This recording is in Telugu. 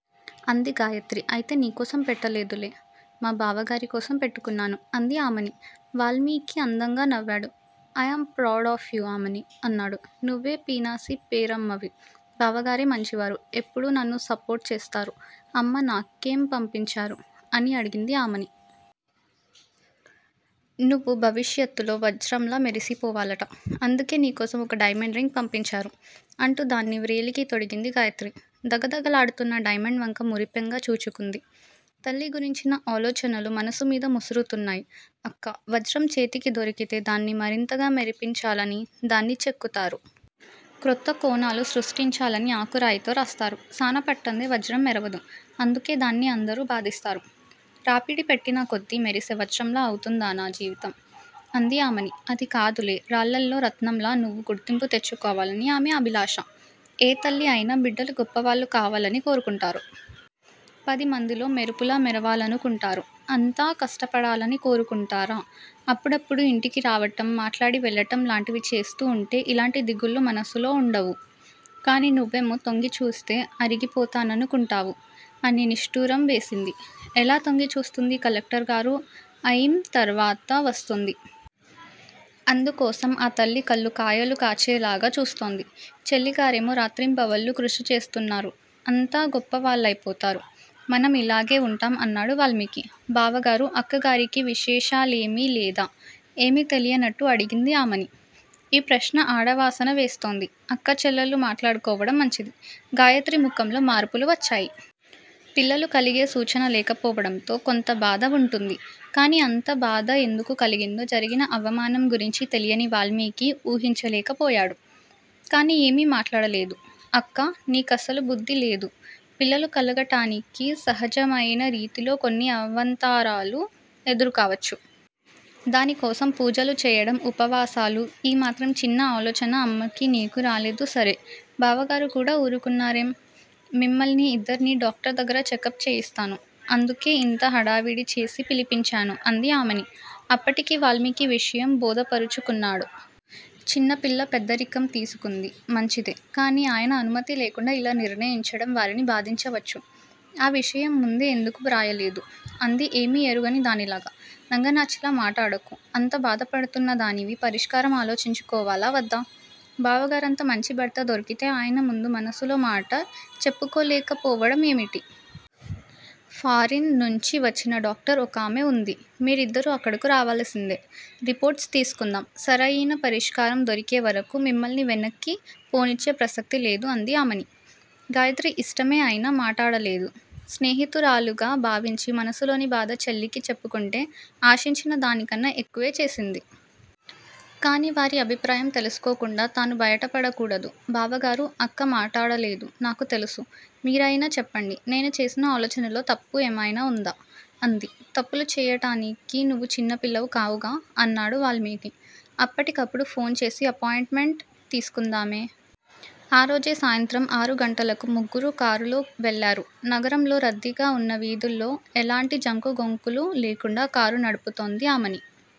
అంది గాయత్రి. అయితే నీకోసం పెట్టలేదులే! మా బావగారి కోసం పెట్టుకున్నాను. అంది ఆమని, వాల్మీకి అందంగా నవ్వాడు. I am proud of you Amani! అన్నాడు. నువ్వే పీనాసి పేరమ్మవి, బావగారే మంచివారు! ఎప్పుడూ నన్ను సపోర్టు చేస్తారు. అమ్మ నాకేం పంపించారు? అని అడిగింది ఆమని. నువ్వు భవిష్యత్తులో వజ్రంలా మెరిసిపోవాలట! అందుకే నీకోసం ఒక డైమండ్ రింగ్ పంపించారు అంటూ దాన్ని వ్రేలికి తొడిగింది గాయత్రి! ధగ ధగ లాడుతున్న డైమండ్ వంక మురిపెంగా చూచుకుంది, తల్లి గురించిన ఆలోచనలు మనసు మీద ముసురుతున్నాయి. అక్కా! వజ్రం చేతికి దొరికితే దాన్ని మరింతగా మెరిపించాలని దాన్ని చెక్కుతారు. క్రొత్త కోణాలు సృష్టించాలని ఆకురాయితో రాస్తారు. సాన పట్టందే వజ్రం మెరవదు. అందుకే దాన్ని అందరూ బాధిస్తారు. రాపిడి పెట్టిన కొద్దీ మెరిసే వజ్రంలా అవుతుందా నా జీవితం? అంది ఆమని. అది కాదులే! రాళ్ళలో రత్నంలా నువ్వు గుర్తింపు తెచ్చుకోవాలని ఆమె అభిలాష, ఏ తల్లి అయినా బిడ్డలు గొప్పవాళ్ళు కావాలని కోరుకుంటారు. పది మందిలో మెరుపులా మెరవాలను కుంటారు. అంతా కష్టపడాలని కోరుకుంటారా? అప్పుడప్పుడు ఇంటికి రావటం మాట్లాడి వెళ్ళటం లాంటివి చేస్తూ ఉంటే ఇలాంటి దిగుళ్ళు మనసులో ఉండవు. కాని నువ్వేమో తొంగిచూస్తే అరిగిపోతానను కుంటావు అని నిష్టూరం వేసింది. ఎలా తొంగి చూస్తుంది కలెక్టర్ గారు అయిం తరువాత వస్తుంది. అందుకోసం ఆ తల్లి కళ్ళుకాయలు కాచేలాగ చూస్తోంది. చెల్లిగారేమో రాత్రింబవళ్ళు కృషిచేస్తున్నారు. అంతా గొప్పవాళ్ళయిపోతారు. మనం ఇలాగే వుంటాం అన్నాడు వాల్మీకి. బావగారూ! అక్కగారికి విశేషాలేమీ లేదా? ఏమీ తెలియనట్టు అడిగింది ఆమని! ఈ ప్రశ్న ఆడవాసన వేస్తోంది! అక్కా చెల్లెళ్ళు మాట్లాడుకోవడం మంచిది. గాయత్రి ముఖంలో మార్పులు వచ్చాయి. పిల్లలు కలిగే సూచన లేకపోవడంతో కొంత బాధ వుంటుంది. కాని అంత బాధ ఎందుకు కలిగిందో జరిగిన అవమానం గురించి తెలియని వాల్మీకి ఊహించలేకపోయాడు. కానీ ఏమీ మాట్లాడలేదు. అక్కా! నీ కసలు బుద్ధి లేదు. పిల్లలు కలగటానికి సహజమయిన రీతిలో కొన్ని అవాంతరాలు ఎదురుకావచ్చు! దాని కోసం పూజలు చేయడం, ఉపవాసాలు! ఈ మాత్రం చిన్న ఆలోచన అమ్మకి, నీకు రాలేదు సరే బావగారు కూడా ఊరుకున్నారేం? మిమ్మల్ని ఇద్దర్నీ డాక్టర్ దగ్గర చెకప్ చేయిస్తాను. అందుకే ఇంత హడావిడి చేసి పిలిపించాను అంది ఆమని! అప్పటికి వాల్మీకి విషయం బోధపరచుకున్నాడు. చిన్నపిల్ల పెద్దరికం తీసుకుంది. మంచిదే, కాని ఆయన అనుమతి లేకుండా ఇలా నిర్ణయించడం వారిని బాధించవచ్చు! ఆ విషయం ముందే ఎందుకు వ్రాయలేదు? అంది ఏమీ ఎరుగని దానిలాగ! నంగనాచిలా మాటాడకు! అంత బాధపడుతున్నదానివి పరిష్కారం ఆలోచించుకోవాలా వద్దా? బావగారంత మంచి భర్త దొరికితే ఆయన ముందు మనసులో మాట చెప్పుకోలేకపోవడం ఏమిటి? ఫారిన్ నుంచి వచ్చిన డాక్టర్ ఒకామె వుంది! మీరిద్దరూ అక్కడకు రావలసిందే! రిపోర్ట్సు తీసుకుందాం! సరయిన పరిష్కారం దొరికే వరకూ మిమ్మల్ని వెనక్కి పోనిచ్చే ప్రసక్తి లేదు అంది ఆమని. గాయత్రి ఇష్టమే అయినా మాటాడలేదు. స్నేహితురాలుగా భావించి మనసులోని బాధ చెల్లికి చెప్పుకుంటే ఆశించిన దానికన్నా ఎక్కువే చేసింది. కాని వారి అభిప్రాయం తెలుసుకోకుండా తాను బయటపడ కూడదు. బావగారూ! అక్క మాటాడలేదు నాకు తెలుసు. మీరయినా చెప్పండి. నేను చేసిన ఆలోచనలో తప్పు ఏమయినా వుందా? అంది. తప్పులు చేయటానికి నువ్వు చిన్నపిల్లవు కావుగా! అన్నాడు వాల్మీకి. అప్పటికప్పుడు ఫోన్ చేసి అపాయింట్ మెంట్ తీసుకుందామె. ఆ రోజే సాయంత్రం ఆరు గంటలకు ముగ్గురూ కారులో వెళ్లారు. నగరంలో రద్దీగా వున్న వీధుల్లో ఎలాంటి జంకు గొంకులు లేకుండా కారు నడుపుతోంది ఆమని.